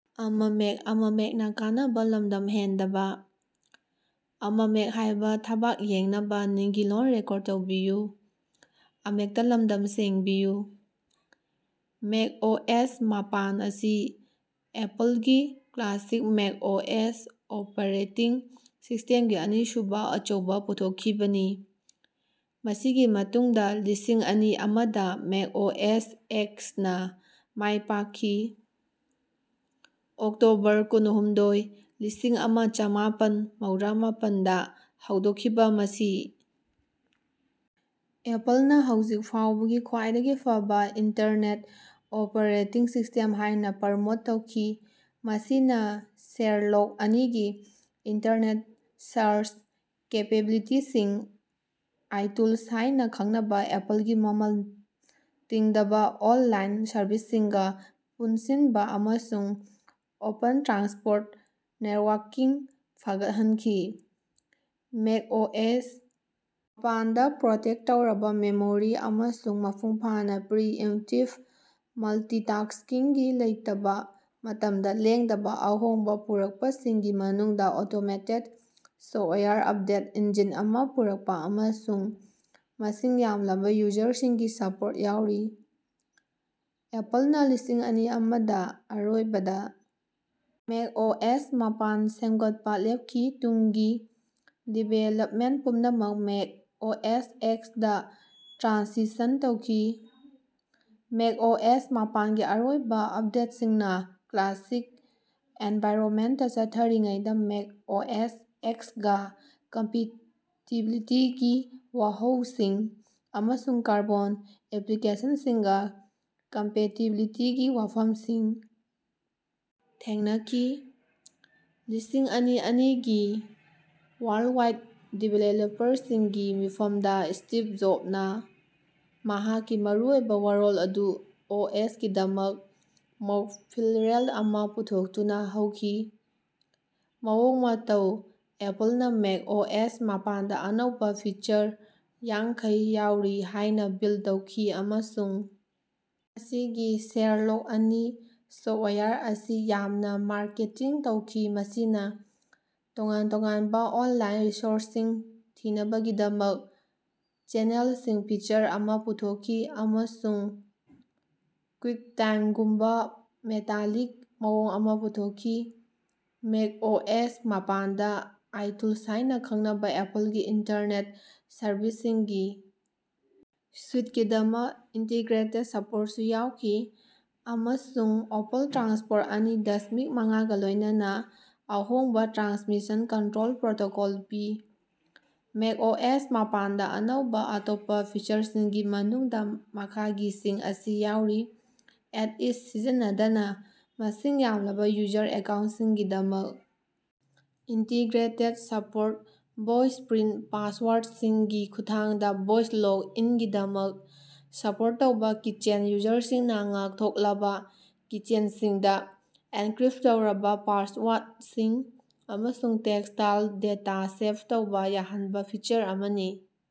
Make OS ꯃꯥꯄꯟ ꯑꯁꯤ ꯑꯦꯄꯜꯒꯤ ꯀ꯭ꯂꯥꯁꯤꯛ ꯃꯦꯛ ꯑꯣꯑꯦꯁ ꯑꯣꯄꯔꯦꯇꯤꯡ ꯁꯤꯁꯇꯦꯝꯒꯤ ꯑꯅꯤꯁꯨꯕ ꯑꯆꯧꯕ ꯄꯨꯊꯣꯛꯈꯤꯕꯅꯤ ꯃꯁꯤꯒꯤ ꯃꯇꯨꯡꯗ ꯂꯤꯁꯤꯡ ꯑꯅꯤ ꯑꯃꯗꯥ ꯃꯦꯛ ꯑꯣꯑꯦꯁ ꯑꯦꯛꯁ ꯅꯥ ꯃꯥꯏ ꯄꯥꯛꯈꯤ꯫ ꯑꯣꯛꯇꯣꯕꯔ ꯀꯨꯟꯍꯨꯝꯗꯣꯏ ꯂꯤꯁꯤꯡ ꯑꯃ ꯆꯃꯥꯄꯟ ꯃꯧꯗ꯭ꯔꯥ ꯃꯥꯄꯟꯗ ꯍꯧꯗꯣꯛꯈꯤꯕ ꯃꯁꯤ ꯑꯦꯄꯜꯅꯥ ꯍꯧꯖꯤꯛ ꯐꯥꯎꯕꯒꯤ ꯈ꯭ꯋꯥꯏꯗꯒꯤ ꯐꯕ ꯏꯟꯇꯔꯅꯦꯠ ꯑꯣꯄꯔꯦꯇꯤꯡ ꯁꯤꯁ꯭ꯇꯦꯝ ꯍꯥꯏꯅ ꯄ꯭ꯔꯃꯣꯠ ꯇꯧꯈꯤ ꯃꯁꯤꯅꯥ ꯁꯦꯔꯂꯣꯛ ꯑꯅꯤꯒꯤ ꯏꯟꯇꯔꯅꯦꯠ ꯁꯥꯔꯆ ꯀꯦꯄꯦꯕꯤꯂꯤꯇꯤꯁꯤꯡ ꯑꯥꯏꯇꯨꯜꯁ ꯍꯥꯏꯅ ꯈꯪꯅꯕ ꯑꯦꯄꯜꯒꯤ ꯃꯃꯜ ꯇꯤꯡꯗꯕ ꯑꯣꯟꯂꯥꯏꯟ ꯁꯔꯚꯤꯁꯁꯤꯡꯒꯥ ꯄꯨꯟꯁꯤꯟꯕ ꯑꯃꯁꯨꯡ ꯑꯣꯄꯟ ꯇ꯭ꯔꯥꯟꯁꯄꯣꯔꯠ ꯅꯦꯠꯋꯥꯔꯀꯤꯡ ꯐꯒꯠꯍꯟꯈꯤ꯫ ꯃꯦꯛ ꯑꯣꯑꯦꯁ ꯃꯥꯄꯟꯗ ꯄ꯭ꯔꯣꯇꯦꯛ ꯇꯧꯔꯕ ꯃꯦꯃꯣꯔꯤ ꯑꯃꯁꯨꯡ ꯃꯄꯨꯡ ꯐꯥꯅꯥ ꯄ꯭ꯔꯤ ꯏꯝꯞꯇꯤꯕ ꯃꯜꯇꯤꯇꯥꯁ꯭ꯀꯤꯡ ꯂꯩꯇꯕ ꯃꯇꯝꯗ ꯂꯦꯡꯗꯕ ꯑꯍꯣꯡꯕ ꯄꯨꯔꯛꯄꯁꯤꯡꯒꯤ ꯃꯅꯨꯡꯗ ꯑꯣꯇꯣꯃꯦꯇꯦꯗ ꯁꯣꯐ꯭ꯇꯋꯦꯌꯔ ꯑꯄꯗꯦꯠ ꯏꯟꯖꯤꯟ ꯑꯃꯥ ꯄꯨꯔꯛꯄ ꯑꯃꯁꯨꯡ ꯃꯁꯤꯡ ꯌꯥꯝꯂꯕ ꯌꯨꯖꯔꯁꯤꯡꯒꯤ ꯁꯄꯣꯔꯠ ꯌꯥꯎꯔꯤ꯫ ꯑꯦꯄꯜꯅꯥ ꯂꯤꯁꯤꯡ ꯑꯅꯤ ꯑꯃꯗꯥ ꯑꯔꯣꯏꯕꯗ ꯃꯦꯛ ꯑꯣꯑꯦꯁ ꯃꯥꯄꯟ ꯁꯦꯝꯒꯠꯄꯥ ꯂꯦꯞꯈꯤ ꯇꯨꯡꯒꯤ ꯗꯤꯕꯦꯂꯞꯃꯦꯟꯠ ꯄꯨꯝꯅꯃꯛ ꯃꯦꯛ ꯑꯣꯑꯦꯁ ꯑꯦꯛꯁ ꯗ ꯇ꯭ꯔꯥꯟꯁꯤꯁꯟ ꯇꯧꯈꯤ꯫ ꯃꯦꯛ ꯑꯣꯑꯦꯁ ꯃꯥꯄꯟꯒꯤ ꯑꯔꯣꯏꯕ ꯑꯞꯗꯦꯠꯁꯤꯡꯅ ꯀ꯭ꯂꯥꯁꯤꯛ ꯑꯦꯟꯚꯥꯏꯔꯅꯃꯦꯟꯇꯥ ꯆꯠꯊꯔꯤꯉꯩꯗ ꯃꯦꯛ ꯑꯣꯑꯦꯁ ꯑꯦꯛꯁ ꯒꯥ ꯀꯝꯄꯦꯇꯤꯕꯤꯂꯤꯇꯤꯒꯤ ꯋꯥꯍꯧꯁꯤꯡ ꯑꯃꯁꯨꯡ ꯀꯥꯔꯕꯣꯟ ꯑꯦꯄ꯭ꯂꯤꯀꯦꯁꯟꯁꯤꯡꯒꯥ ꯀꯝꯄꯦꯇꯤꯕꯤꯂꯤꯇꯤꯒꯤ ꯋꯥꯐꯝꯁꯤꯡ ꯊꯦꯡꯅꯈꯤ꯫ ꯂꯤꯁꯤꯡ ꯑꯅꯤ ꯑꯅꯤꯒꯤ ꯋꯥꯔꯜꯗꯋꯥꯏꯗ ꯗꯤꯕꯦꯂꯞꯄꯔꯁꯤꯡꯒꯤ ꯃꯤꯐꯝꯗ ꯁ꯭ꯇꯤꯚ ꯖꯣꯕꯅꯥ ꯃꯍꯥꯛꯀꯤ ꯃꯔꯨꯑꯣꯏꯕ ꯋꯥꯔꯣꯜ ꯑꯗꯨ ꯑꯣꯑꯦꯁꯀꯤꯗꯃꯛ ꯃꯣꯛ ꯐꯤꯟꯔꯦꯜ ꯑꯃꯥ ꯄꯥꯡꯊꯣꯛꯇꯨꯅꯥ ꯍꯧꯈꯤ꯫ ꯃꯑꯣꯡ ꯃꯇꯧ ꯑꯦꯄꯜꯅꯥ ꯃꯦꯛ ꯑꯣꯑꯦꯁ ꯃꯥꯄꯟꯗꯥ ꯑꯅꯧꯕ ꯐꯤꯆꯔ ꯌꯥꯡꯈꯩ ꯌꯥꯎꯔꯤ ꯍꯥꯏꯅꯥ ꯕꯤꯜ ꯇꯧꯈꯤ ꯑꯃꯁꯨꯡ ꯃꯁꯤꯒꯤ ꯁꯦꯔꯂꯣꯛ ꯑꯅꯤ ꯁꯣꯐ꯭ꯇꯋꯦꯌꯔ ꯑꯁꯤ ꯌꯥꯝꯅꯥ ꯃꯥꯔꯀꯦꯇꯤꯡ ꯇꯧꯈꯤ ꯃꯁꯤꯅꯥ ꯇꯣꯉꯥꯟ ꯇꯣꯉꯥꯟꯕ ꯑꯣꯟꯂꯥꯏꯟ ꯔꯤꯁꯣꯔꯁꯁꯤꯡ ꯊꯤꯅꯕꯒꯤꯗꯃꯛ ꯆꯦꯅꯦꯜꯁꯤꯡ ꯐꯤꯆꯔ ꯑꯃꯥ ꯄꯨꯊꯣꯛꯈꯤ ꯑꯃꯁꯨꯡ ꯀ꯭ꯋꯤꯛꯇꯥꯏꯝꯒꯨꯝꯕ ꯃꯦꯇꯥꯂꯤꯛ ꯃꯑꯣꯡ ꯑꯃꯥ ꯄꯨꯊꯣꯛꯈꯤ꯫ ꯃꯦꯛ ꯑꯣꯑꯦꯁ ꯃꯥꯄꯟꯗꯥ ꯑꯥꯏꯇꯨꯜꯁ ꯍꯥꯏꯅ ꯈꯪꯅꯕ ꯑꯦꯄꯜꯒꯤ ꯏꯟꯇꯔꯅꯦꯠ ꯁꯔꯚꯤꯁꯁꯤꯡꯒꯤ ꯁꯨꯏꯠꯀꯤꯗꯃꯛ ꯏꯟꯇꯤꯒ꯭ꯔꯦꯇꯦꯗ ꯁꯄꯣꯔꯠꯁꯨ ꯌꯥꯎꯈꯤ ꯑꯃꯁꯨꯡ ꯑꯣꯄꯟ ꯇ꯭ꯔꯥꯟꯁꯄꯣꯔꯠ ꯑꯅꯤ ꯗꯁꯃꯤꯛ ꯃꯉꯥꯒꯥ ꯂꯣꯏꯅꯅ ꯑꯍꯣꯡꯕ ꯇ꯭ꯔꯥꯟꯁꯃꯤꯁꯟ ꯀꯟꯇ꯭ꯔꯣꯜ ꯄ꯭ꯔꯣꯇꯣꯀꯣꯜ ꯄꯤ꯫ ꯃꯦꯛ ꯑꯣꯑꯦꯁ ꯃꯥꯄꯟꯗꯥ ꯑꯅꯧꯕ ꯑꯇꯣꯞꯄ ꯐꯤꯆꯔꯁꯤꯡꯒꯤ ꯃꯅꯨꯡꯗ ꯃꯈꯥꯒꯤꯁꯤꯡ ꯑꯁꯤ ꯌꯥꯎꯔꯤ ꯑꯦꯠ ꯏꯖ ꯁꯤꯖꯤꯟꯅꯗꯅꯥ ꯃꯁꯤꯡ ꯌꯥꯝꯂꯕ ꯌꯨꯖꯔ ꯑꯦꯀꯥꯎꯟꯠꯁꯤꯡꯒꯤꯗꯃꯛ ꯏꯟꯇꯤꯒ꯭ꯔꯦꯇꯦꯗ ꯁꯄꯣꯔꯠ ꯚꯣꯏꯁꯄ꯭ꯔꯤꯟꯠ ꯄꯥꯁꯋꯥꯔꯗꯁꯤꯡꯒꯤ ꯈꯨꯠꯊꯥꯡꯗ ꯚꯣꯏꯁ ꯂꯣꯒ ꯏꯟꯒꯤꯗꯃꯛ ꯁꯄꯣꯔꯠ ꯇꯧꯕ ꯀꯤꯆꯦꯟ ꯌꯨꯖꯔꯁꯤꯡꯅꯥ ꯉꯥꯛꯊꯣꯛꯂꯕ ꯀꯤꯆꯦꯟꯁꯤꯡꯗ ꯑꯦꯟꯀ꯭ꯔꯤꯞ ꯇꯧꯔꯕ ꯄꯥꯁꯋꯥꯔꯗꯁꯤꯡ ꯑꯃꯁꯨꯡ ꯇꯦꯛꯁꯇꯥꯏꯜ ꯗꯦꯇꯥ ꯁꯦꯚ ꯇꯧꯕ ꯌꯥꯍꯟꯕ ꯐꯤꯆꯔ ꯑꯃꯅꯤ꯫